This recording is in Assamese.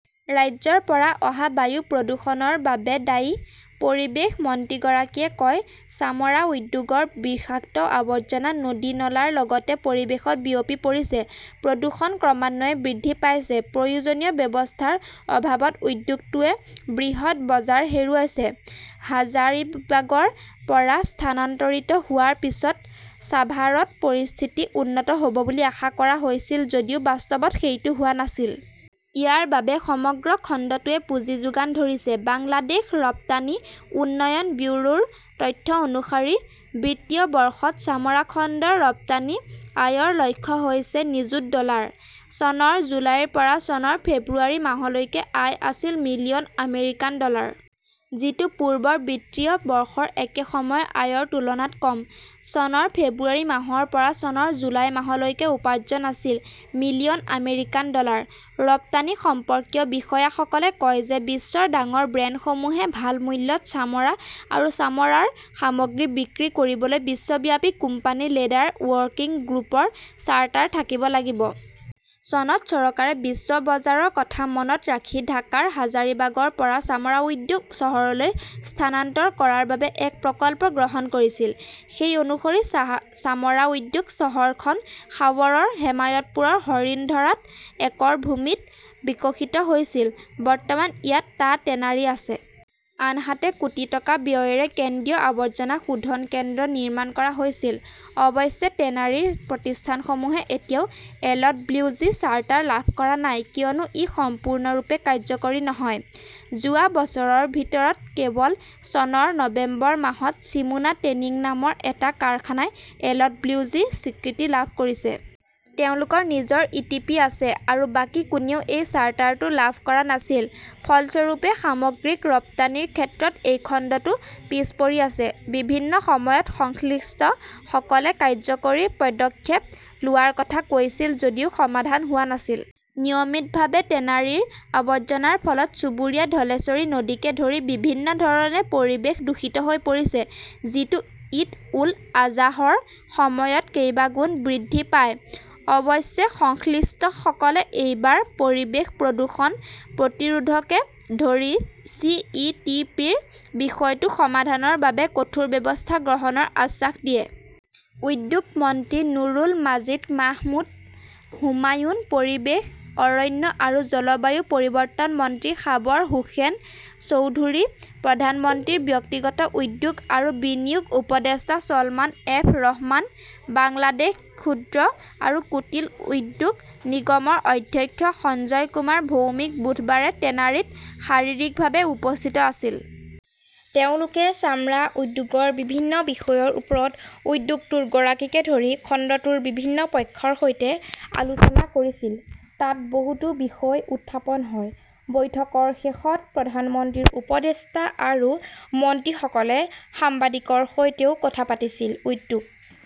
ৰাজ্যৰ পৰা অহা বায়ু প্ৰদূষণৰ বাবে দায়ী, পৰিৱেশ মন্ত্ৰীগৰাকীয়ে কয় চামৰা উদ্যোগৰ বিষাক্ত আৱৰ্জনা নদী-নলাৰ লগতে পৰিৱেশত বিয়পি পৰিছে। প্ৰদূষণ ক্ৰমান্বয়ে বৃদ্ধি পাইছে। প্ৰয়োজনীয় ব্যৱস্থাৰ অভাৱত উদ্যোগটোৱে বৃহৎ বজাৰ হেৰুৱাইছে। হাজাৰিবাগৰ পৰা স্থানান্তৰিত হোৱাৰ পিছত ছাভাৰত পৰিস্থিতি উন্নত হ "ব বুলি আশা কৰা হৈছিল যদিও বাস্তৱত সেইটো হোৱা নাছিল। ইয়াৰ বাবে সমগ্ৰ খণ্ডটোৱে পুঁজি যোগান ধৰিছে। বাংলাদেশ ৰপ্তানি উন্নয়ন ব্যুৰো ৰ তথ্য অনুসৰি, বিত্তীয় বৰ্ষত চামৰা খণ্ডৰ ৰপ্তানি আয়ৰ লক্ষ্য হৈছে নিযুত ডলাৰ। চনৰ জুলাইৰ পৰা চনৰ ফেব্ৰুৱাৰী মাহলৈকে আয় আছিল মিলিয়ন আমেৰিকান ডলাৰ। যিটো পূৰ্বৰ বিত্তীয় বৰ্ষৰ একে সময়ৰ আয়ৰ তুলনাত কম। চনৰ ফেব্ৰুৱাৰী মাহৰ পৰা চনৰ জুলাই মাহলৈকে উপাৰ্জন আছিল মিলিয়ন আমেৰিকান ডলাৰ। ৰপ্তানি সম্পৰ্কীয় বিষয়াসকলে কয় যে বিশ্বৰ ডাঙৰ ব্ৰেণ্ডসমূহে ভাল মূল্যত চামৰা আৰু চামৰাৰ সামগ্ৰী বিক্ৰী কৰিবলৈ বিশ্বব্যাপী কোম্পানী লেদাৰ ৱৰ্কিং গ্ৰুপৰ চাৰ্টাৰ থাকিব লাগিব। চনত চৰকাৰে বিশ্ব বজাৰৰ কথা মনত ৰাখি ঢাকাৰ হাজাৰিবাগৰ পৰা চামৰা উদ্যোগ চহৰলৈ স্থানান্তৰ কৰাৰ বাবে এক প্ৰকল্প গ্ৰহণ কৰিছিল। সেই অনুসৰি, চামৰা উদ্যোগ চহৰখন সাৱৰৰ হেমায়তপুৰৰ হৰিন্ধৰাত একৰ ভূমিত বিকশিত হৈছিল। বৰ্তমান ইয়াত টা টেনাৰী আছে। আনহাতে কোটি টকা ব্যয়েৰে কেন্দ্ৰীয় আৱৰ্জনা শোধন কেন্দ্ৰ নিৰ্মাণ কৰা হৈছিল। অৱশ্যে, টেনাৰী প্ৰতিষ্ঠানসমূহে এতিয়াও এলডব্লিউজি চাৰ্টাৰ লাভ কৰা নাই কিয়নো ই সম্পূৰ্ণৰূপে কাৰ্যকৰী নহয়। যোৱা বছৰৰ ভিতৰত কেৱল চনৰ নৱেম্বৰ মাহত "চিমোনা টেনিং" নামৰ এটা কাৰখানাই এলডব্লিউজি স্বীকৃতি লাভ কৰিছে। তেওঁলোকৰ নিজৰ ইটিপি আছে। আৰু বাকী কোনেও এই চাৰ্টাৰটো লাভ কৰা নাছিল। ফলস্বৰূপে, সামগ্ৰিক ৰপ্তানিৰ ক্ষেত্ৰত এই খণ্ডটো পিছ পৰি আছে। বিভিন্ন সময়ত সংশ্লিষ্টসকলে কাৰ্যকৰী পদক্ষেপ লোৱাৰ কথা কৈছিল যদিও সমাধান হোৱা নাছিল। নিয়মিতভাৱে টেনাৰীৰ আৱৰ্জনাৰ ফলত চুবুৰীয়া ধলেশ্বৰী নদীকে ধৰি বিভিন্ন ধৰণে পৰিৱেশ দূষিত হৈ পৰিছে। যিটো ঈদ-উল-আজাহৰ সময়ত কেইবাগুণ বৃদ্ধি পায়। অৱশ্যে, সংশ্লিষ্টসকলে এইবাৰ পৰিৱেশ প্ৰদূষণ প্ৰতিৰোধকে ধৰি চি. ই. টি. পি. -ৰ বিষয়টো সমাধানৰ বাবে কঠোৰ ব্যৱস্থা গ্ৰহণৰ আশ্বাস দিয়ে। উদ্যোগ মন্ত্ৰী নুৰুল মাজিদ মাহমুদ হুমায়ুন, পৰিৱেশ, অৰণ্য আৰু জলবায়ু পৰিৱৰ্তন মন্ত্ৰী সাবৰ হোসেন চৌধুৰী, প্ৰধানমন্ত্ৰীৰ ব্যক্তিগত উদ্যোগ আৰু বিনিয়োগ উপদেষ্টা ছলমান এফ ৰহমান, বাংলাদেশ ক্ষুদ্ৰ আৰু কুটিল উদ্যোগ নিগমৰ অধ্যক্ষ সঞ্জয় কুমাৰ ভৌমিক বুধবাৰে টেনাৰীত শাৰীৰিকভাৱে উপস্থিত আছিল। তেওঁলোকে চামৰা উদ্যোগৰ বিভিন্ন বিষয়ৰ ওপৰত উদ্যোগটোৰ গৰাকীকে ধৰি খণ্ডটোৰ বিভিন্ন পক্ষৰ সৈতে আলোচনা কৰিছিল। তাত বহুতো বিষয় উত্থাপন হয়। বৈঠকৰ শেষত প্ৰধানমন্ত্ৰীৰ উপদেষ্টা আৰু মন্ত্ৰীসকলে সাংবাদিকৰ সৈতেও কথা পাতিছিল। উদ্যোগ